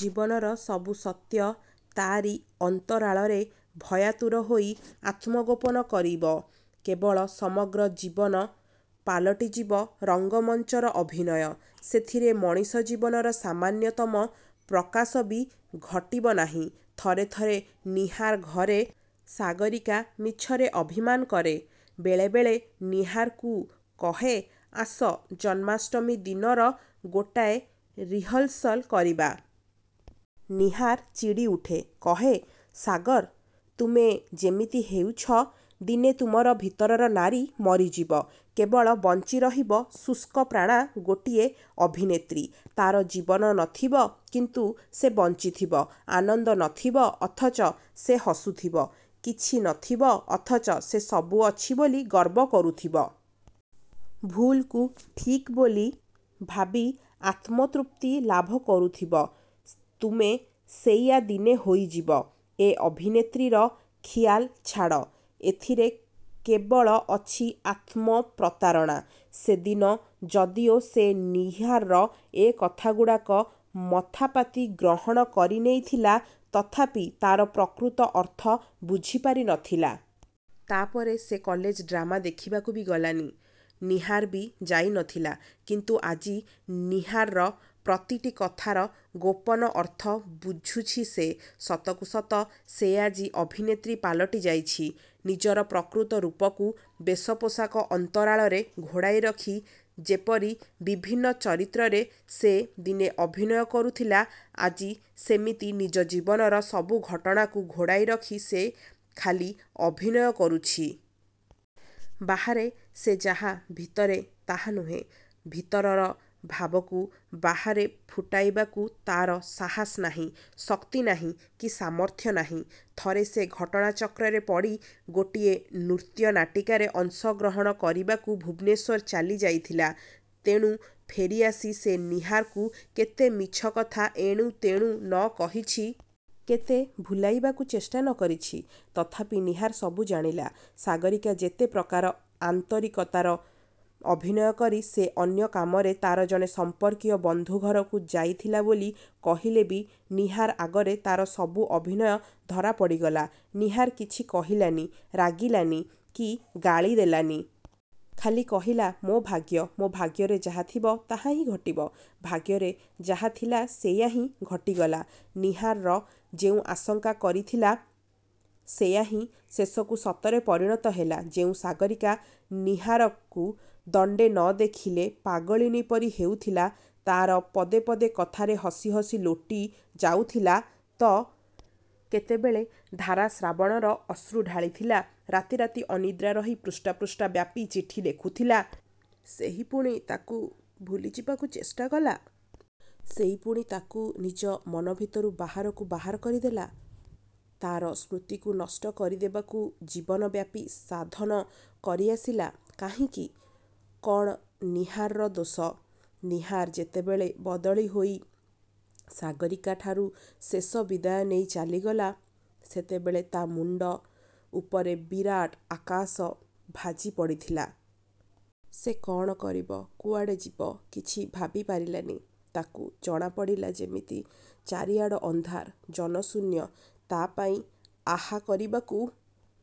ଜୀବନର ସବୁ ସତ୍ୟ ତାରି ଅନ୍ତରାଳରେ ଭୟାତୁର ହୋଇ ଆତ୍ମଗୋପନ କରିବ। କେବଳ ସମଗ୍ର ଜୀବନ ପାଲଟି ଯିବ ରଙ୍ଗମଞ୍ଚର ଅଭିନୟ। ସେଥିରେ ମଣିଷ ଜୀବନର ସାମାନ୍ୟ-ତମ ପ୍ରକାଶ ବି ଘଟିବ ନାହିଁ। ଥରେ ଥରେ ନୀହାର ଘରେ ସାଗରୀକା ମିଛରେ ଅଭିମାନ କରେ-ବେଳେ ବେଳେ ନୀହାରକୁ କହେ-''ଆସ-ଜନ୍ମାଷ୍ଟମୀ ଦିନର ଗୋଟାଏ ରିହର୍ସାଲ୍ କରିବା। '' ନୀହାର ଚିଡ଼ି ଉଠେ-କହେ ''ସାଗର-ତୁମେ ଯେମିତି ହେଉଛ; ଦିନେ ତୁମର ଭିତରର ନାରୀ ମରିଯିବ-କେବଳ ବଞ୍ଚିରହିବ ଶୁଷ୍କପ୍ରାଣା ଗୋଟିଏ ଅଭିନେତ୍ରୀ। ତା'ର ଜୀବନ ନଥିବ କିନ୍ତୁ ସେ ବଞ୍ଚିଥିବ-ଆନନ୍ଦ ନଥିବ ଅଥଚ ସେ ହସୁଥିବ। କିଛି ନଥିବ ଅଥଚ ସେ ସବୁ ଅଛି ବୋଲି ଗର୍ବ କରୁଥିବ। ଭୁଲ୍କୁ ଠିକ୍ ବୋଲି ଭାବି ଆତ୍ମତୃପ୍ତି ଲାଭ କରୁଥିବ। ତୁମେ ସେଇୟା ଦିନେ ହୋଇଯିବ। ଏ ଅଭିନେତ୍ରୀର ଖିଆଲ୍ ଛାଡ଼-ଏଥିରେ କେବଳ ଅଛି ଆତ୍ମପ୍ରତାରଣା। ସେଦିନ ଯଦିଓ ସେ ନୀହାରର ଏ କଥାଗୁଡ଼ାକ ମଥାପାତି ଗ୍ରହଣ କରିନେଇଥିଲା ତଥାପି ତା'ର ପ୍ରକୃତ ଅର୍ଥ ବୁଝିପାରି ନଥିଲା। ତା'ପରେ ସେ କଲେଜ ଡ୍ରାମା ଦେଖିବାକୁ ବି ଗଲାନି-ନୀହାର ବି ଯାଇନଥିଲା। କିନ୍ତୁ ଆଜି ନୀହାରର ପ୍ରତିଟି କଥାର ଗୋପନ ଅର୍ଥ ବୁଝୁଛି ସେ। ସତକୁ ସତ ସେ ଆଜି ଅଭିନେତ୍ରୀ ପାଲଟି ଯାଇଛି। ନିଜର ପ୍ରକୃତ-ରୂପକୁ ବେଶ ପୋଷାକ ଅନ୍ତରାଳରେ ଘୋଡ଼ାଇ ରଖି ଯେପରି ବିଭିନ୍ନ ଚରିତ୍ରରେ ସେ ଦିନେ ଅଭିନୟ କରୁଥିଲା; ଆଜି ସେମିତି ନିଜ ଜୀବନର ସବୁ ଘଟଣାକୁ ଘୋଡ଼ାଇ ରଖି ସେ ଖାଲି ଅଭିନୟ କରୁଛି। ବାହାରେ ସେ ଯାହା, ଭିତରେ ତାହା ନୁହେଁ। ଭିତରର ଭାବକୁ ବାହାରେ ଫୁଟାଇବାକୁ ତା'ର ସାହସ ନାହିଁ, ଶକ୍ତି ନାହିଁ କି ସାମର୍ଥ୍ୟ ନାହିଁ। ଥରେ ସେ ଘଟଣା ଚକ୍ରରେ ପଡ଼ି ଗୋଟିଏ ନୃତ୍ୟ-ନାଟିକାରେ ଅଂଶ ଗ୍ରହଣ କରିବାକୁ ଭୁବନେଶ୍ୱର ଚାଲି ଯାଇଥିଲା। ତେଣୁ ଫେରିଆସି ସେ ନୀହାରକୁ କେତେ ମିଛ କଥା ଏଣୁତେଣୁ ନ କହିଛି। କେତେ ଭୁଲାଇବାକୁ ଚେଷ୍ଟା ନ କରିଛି। ତଥାପି ନୀହାର ସବୁ ଜାଣିଲା। ସାଗରୀକା ଯେତେ ପ୍ରକାର ଆନ୍ତରୀକତାର ଅଭିନୟ କରି ସେ ଅନ୍ୟ କାମରେ ତା'ର ଜଣେ ସମ୍ପର୍କୀୟ ବନ୍ଧୁଘରକୁ ଯାଇଥିଲା ବୋଲି କହିଲେ ବି ନୀହାର ଆଗରେ ତା'ର ସବୁ ଅଭିନୟ ଧରାପଡ଼ିଗଲା। ନୀହାର କିଛି କହିଲାନି-ରାଗିଲାନି କି ଗାଳି ଦେଲାନି। ଖାଲି କହିଲା-''ମୋ ଭାଗ୍ୟ-ମୋ ଭାଗ୍ୟରେ ଯାହାଥିବ ତାହାହିଁ ଘଟିବ। '' ଭାଗ୍ୟରେ ଯାହାଥିଲା ସେଇୟାହିଁ ଘଟିଗଲା। ନୀହାର ଯେଉଁ ଆଶଙ୍କା କରିଥିଲା ସେଇୟା ହିଁ ଶେଷକୁ ସତରେ ପରିଣତ ହେଲା। ଯେଉଁ ସାଗରୀକା ନୀହାରକୁ ଦଣ୍ତେ ନ ଦେଖିଲେ ପାଗଳିନୀ ପରି ହେଉଥିଲା; ତା'ର ପଦେ ପଦେ କଥାରେ ହସି ହସି ଲୋଟି ଯାଉଥିଲା ତ; କେତେବେଳେ ଧାରାଶ୍ରାବଣର ଅଶ୍ରୁ ଢାଳିଥିଲା, ରାତି ରାତି ଅନିଦ୍ରା ରହି ପୃଷ୍ଠା ପୃଷ୍ଠା ବ୍ୟାପୀ ଚିଠି ଲେଖୁଥିଲା, ସେହି ପୁଣି ତାକୁ ଭୁଲିଯିବାକୁ ଚେଷ୍ଟା କଲା। ସେଇ ପୁଣି ତାକୁ ନିଜ ମନ ଭିତରୁ ବାହାରକୁ ବାହାର କରିଦେଲା। ତା'ର ସ୍ମୃତିକୁ ନଷ୍ଟ କରିଦେବାକୁ ଜୀବନ ବ୍ୟାପୀ ସାଧନ କରି ଆସିଲା। କାହିଁକି-କ'ଣ ନୀହାରର ଦୋଷ? ନୀହାର ଯେତେବେଳେ ବଦଳି ହୋଇ ସାଗରିକାଠାରୁ ଶେଷ ବିଦାୟ ନେଇ ଚାଲିଗଲା; ସେତେବେଳେ ତା' ମୁଣ୍ତ ଉପରେ ବିରାଟ ଆକାଶ ଭାଜି ପଡ଼ିଥିଲା। ସେ କ'ଣ କରିବ, କୁଆଡ଼େ ଯିବ କିଛି ଭାବିପାରିଲାନି। ତାକୁ ଜଣାପଡ଼ିଲା ଯେମିତି ଚାରିଆଡ଼ ଅନ୍ଧାର; ଜନଶୂନ୍ୟ। ତା'ପାଇଁ ଆହା କରିବାକୁ